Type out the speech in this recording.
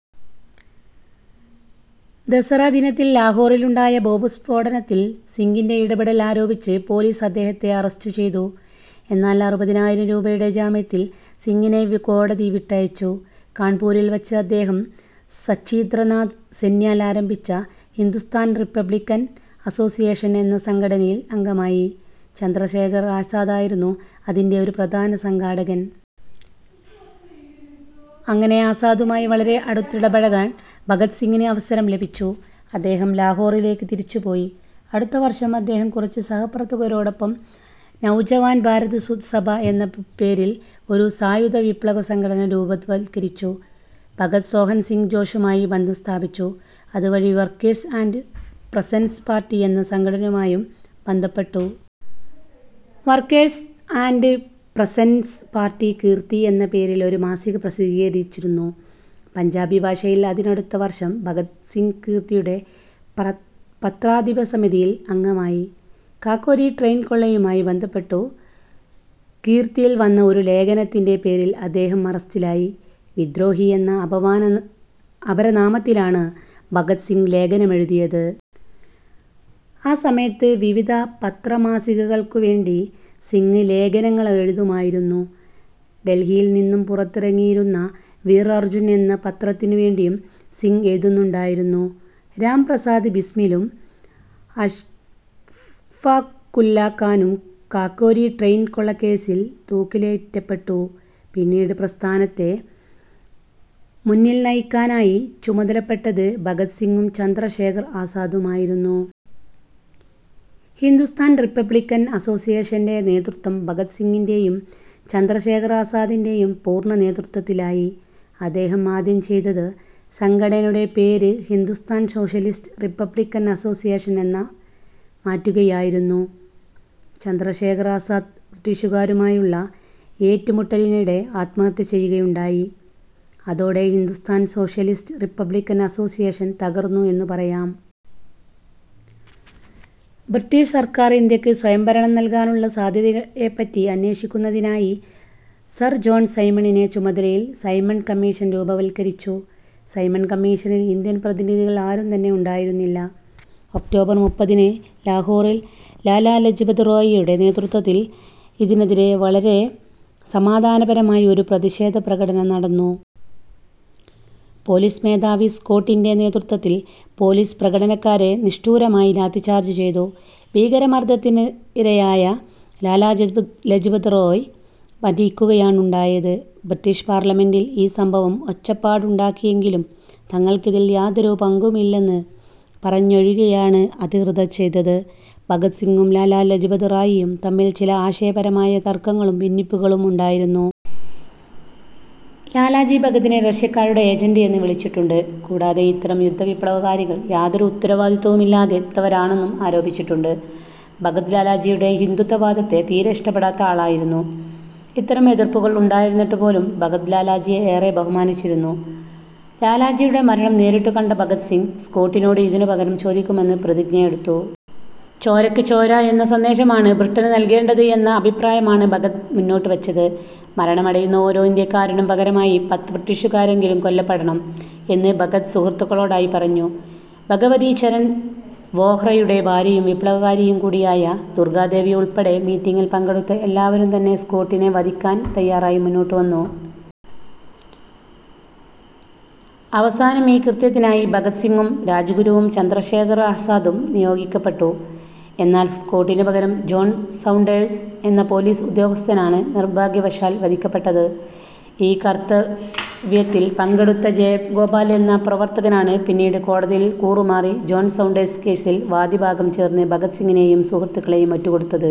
ദസ്സറ ദിനത്തിൽ ലാഹോറിലുണ്ടായ ബോംബുസ്ഫോടനത്തിൽ സിംഗിൻ്റെ ഇടപെടൽ ആരോപിച്ച് പോലീസ് അദ്ദേഹത്തെ അറസ്റ്റു ചെയ്തു. എന്നാൽ അറുപതിനായിരം രൂപയുടെ ജാമ്യത്തിൽ സിംഗിനെ കോടതി വിട്ടയച്ചു. കാൺപൂരിൽ വച്ച് അദ്ദേഹം സചീന്ദ്രനാഥ് സന്യാൽ ആരംഭിച്ച ഹിന്ദുസ്ഥാൻ റിപ്പബ്ലിക്കൻ അസോസിയേഷൻ എന്ന സംഘടനയിൽ അംഗമായി. ചന്ദ്രശേഖർ ആസാദായിരുന്നു അതിൻ്റെ ഒരു പ്രധാന സംഘാടകൻ. അങ്ങനെ ആസാദുമായി വളരെ അടുത്തിടപഴകാൻ ഭഗത് സിംഗിന് അവസരം ലഭിച്ചു. അദ്ദേഹം ലാഹോറിലേക്ക് തിരിച്ചു പോയി. അടുത്ത വർഷം അദ്ദേഹം കുറച്ചു സഹപ്രവർത്തകരോടൊപ്പം നൗജവാൻ ഭാരത് സഭ എന്ന പേരിൽ ഒരു സായുധ വിപ്ലവസംഘടന രൂപവത്കരിച്ചു. ഭഗത് സോഹൻസിംഗ് ജോഷുമായി ബന്ധം സ്ഥാപിച്ചു, അതുവഴി വർക്കേഴ്സ് ആൻഡ് പെസൻ്റ്സ് പാർട്ടി എന്ന സംഘടനയുമായും ബന്ധപ്പെട്ടു. Workers and peasants party Kirti എന്ന പേരിൽ ഒരു മാസിക പ്രസിദ്ധീകരിച്ചിരുന്നു പഞ്ചാബി ഭാഷയിൽ. അതിനടുത്ത വർഷം ഭഗത് സിംഗ് കീർത്തിയുടെ പത്രാധിപ സമിതിയിൽ അംഗമായി. കാക്കോരി ട്രെയിൻ കൊള്ളയുമായി ബന്ധപ്പെട്ടു കീർത്തിയിൽ വന്ന ഒരു ലേഖനത്തിൻ്റെ പേരിൽ അദ്ദേഹം അറസ്റ്റിലായി. വിദ്രോഹി എന്ന അപരനാമത്തിലാണ് ഭഗത് സിംഗ് ലേഖനമെഴുതിയത്. ആ സമയത്ത് വിവിധ പത്രമാസികകൾക്കുവേണ്ടി സിംഗ് ലേഖനങ്ങളെഴുതുമായിരുന്നു. ഡൽഹിയിൽ നിന്നും പുറത്തിറങ്ങിയിരുന്ന വീർ അർജ്ജുൻ എന്ന പത്രത്തിനു വേണ്ടിയും സിംഗ് എഴുതുന്നുണ്ടായിരുന്നു. രാം പ്രസാദ് ബിസ്മിലും, അഷ്ഫാഖുല്ല ഖാനും കാകോരി ട്രെയിൻ കൊള്ളകേസിൽ തൂക്കിലേറ്റപ്പെട്ടു. പിന്നീട് പ്രസ്ഥാനത്തെ മുന്നിൽ നയിക്കാനായി ചുമതലപ്പെട്ടത് ഭഗത് സിംഗും, ചന്ദ്രശേഖർ ആസാദുമായിരുന്നു. ഹിന്ദുസ്ഥാൻ റിപ്പബ്ലിക്കൻ അസോസിയേഷൻ്റെ നേതൃത്വം ഭഗത് സിംഗിൻ്റെയും ചന്ദ്രശേഖർ ആസാദിൻ്റെയും പൂർണ്ണ നേതൃത്വത്തിലായി. അദ്ദേഹം ആദ്യം ചെയ്തത് സംഘടനയുടെ പേര് ഹിന്ദുസ്ഥാൻ സോഷ്യലിസ്റ്റ് റിപ്പബ്ലിക്കൻ അസോസിയേഷൻ എന്നു മാറ്റുകയായിരുന്നു. ചന്ദ്രശേഖർ ആസാദ് ബ്രിട്ടീഷുകാരുമായുള്ള ഏറ്റുമുട്ടലിനിടെ ആത്മഹത്യ ചെയ്യുകയുണ്ടായി, അതോടെ ഹിന്ദുസ്ഥാൻ സോഷ്യലിസ്റ്റ് റിപ്പബ്ലിക്കൻ അസോസിയേഷൻ തകർന്നു എന്നു പറയാം. ബ്രിട്ടീഷ് സർക്കാർ ഇന്ത്യക്ക് സ്വയംഭരണം നൽകാനുള്ള സാധ്യതയെപ്പറ്റി അന്വേഷിക്കുന്നതിനായി സർ ജോൺ സൈമണിൻ്റെ ചുമതലയിൽ സൈമൺ കമ്മീഷൻ രൂപവത്കരിച്ചു. സൈമൺ കമ്മീഷനിൽ ഇന്ത്യൻ പ്രതിനിധികൾ ആരും തന്നെ ഉണ്ടായിരുന്നില്ല. ഒക്ടോബർ മുപ്പതിന് ലാഹോറിൽ ലാലാ ലജ്പത് റായിയുടെ നേതൃത്വത്തിൽ ഇതിനെതിരെ വളരെ സമാധാനപരമായി ഒരു പ്രതിഷേധപ്രകടനം നടന്നു. പോലീസ് മേധാവി സ്കോട്ടിൻ്റെ നേതൃത്വത്തിൽ പോലീസ് പ്രകടനക്കാരെ നിഷ്ഠൂരമായി ലാത്തിച്ചാർജ് ചെയ്തു. ഭീകരമർദ്ദനത്തിനിരയായ ലാലാ ലജ്പത് റായി മരിക്കുകയാണുണ്ടായത്. ബ്രിട്ടീഷ് പാർലമെൻ്റിൽ ഈ സംഭവം ഒച്ചപ്പാടുണ്ടാക്കിയെങ്കിലും, തങ്ങൾക്കിതിൽ യാതൊരു പങ്കുമില്ലെന്നു പറഞ്ഞൊഴിയുകയാണ് അധികൃതർ ചെയ്തത്. ഭഗത് സിംഗും ലാലാ ലജ്പത് റായിയും തമ്മിൽ ചില ആശയപരമായ തർക്കങ്ങളും ഭിന്നിപ്പുകളും ഉണ്ടായിരുന്നു. ലാലാജി ഭഗതിനെ റഷ്യക്കാരുടെ ഏജൻ്റ് എന്ന് വിളിച്ചിട്ടുണ്ട്, കൂടാതെ ഇത്തരം യുവവിപ്ലവകാരികൾ യാതൊരു ഉത്തരവാദിത്തവുമില്ലാത്തവരാണെന്നും ആരോപിച്ചിട്ടുണ്ട്. ഭഗത് ലാലാജിയുടെ ഹിന്ദുത്വവാദത്തെ തീരെ ഇഷ്ടപ്പെടാത്ത ആളായിരുന്നു. ഇത്തരം എതിർപ്പുകൾ ഉണ്ടായിരുന്നിട്ടുപോലും ഭഗത് ലാലാജിയെ ഏറെ ബഹുമാനിച്ചിരുന്നു. ലാലാജിയുടെ മരണം നേരിട്ടു കണ്ട ഭഗത് സിംഗ് സ്കോട്ടിനോട് ഇതിന് പകരം ചോദിക്കുമെന്ന് പ്രതിജ്ഞയെടുത്തു. ചോരക്കു ചോര എന്ന സന്ദേശമാണ് ബ്രിട്ടന് നൽകേണ്ടത് എന്ന അഭിപ്രായമാണ് ഭഗത് മുന്നോട്ടു വെച്ചത്. മരണമടയുന്ന ഓരോ ഇന്ത്യക്കാരനും പകരമായി പത്ത് ബ്രിട്ടീഷുകാരെങ്കിലും കൊല്ലപ്പെടണം എന്ന് ഭഗത് സുഹൃത്തുക്കളോടായി പറഞ്ഞു. ഭഗവതീ ചരൺ വോഹ്രയുടെ ഭാര്യയും വിപ്ലവകാരിയും കൂടിയായ ദുർഗ്ഗാദേവിയുൾപ്പെടെ മീറ്റിംഗിൽ പങ്കെടുത്ത എല്ലാവരും തന്നെ സ്കോട്ടിനെ വധിക്കാൻ തയ്യാറായി മുന്നോട്ടു വന്നു. അവസാനം ഈ കൃത്യത്തിനായി ഭഗത് സിംഗും, രാജ്ഗുരുവും, ചന്ദ്രശേഖർ ആസാദും നിയോഗിക്കപ്പെട്ടു. എന്നാൽ സ്കോട്ടിനു പകരം ജോൺ സൗണ്ടേഴ്സ് എന്ന പോലീസ് ഉദ്യോഗസ്ഥനാണ് നിർഭാഗ്യവശാൽ വധിക്കപ്പെട്ടത്. ഈ കർത്തവ്യത്തിൽ പങ്കെടുത്ത ജയഗോപാൽ എന്ന പ്രവർത്തകനാണ് പിന്നീട് കോടതിയിൽ കൂറുമാറി ജോൺ സൗണ്ടേഴ്സ് കേസിൽ വാദിഭാഗം ചേർന്ന് ഭഗത് സിംഗിനെയും സുഹൃത്തുക്കളെയും ഒറ്റുകൊടുത്തത്.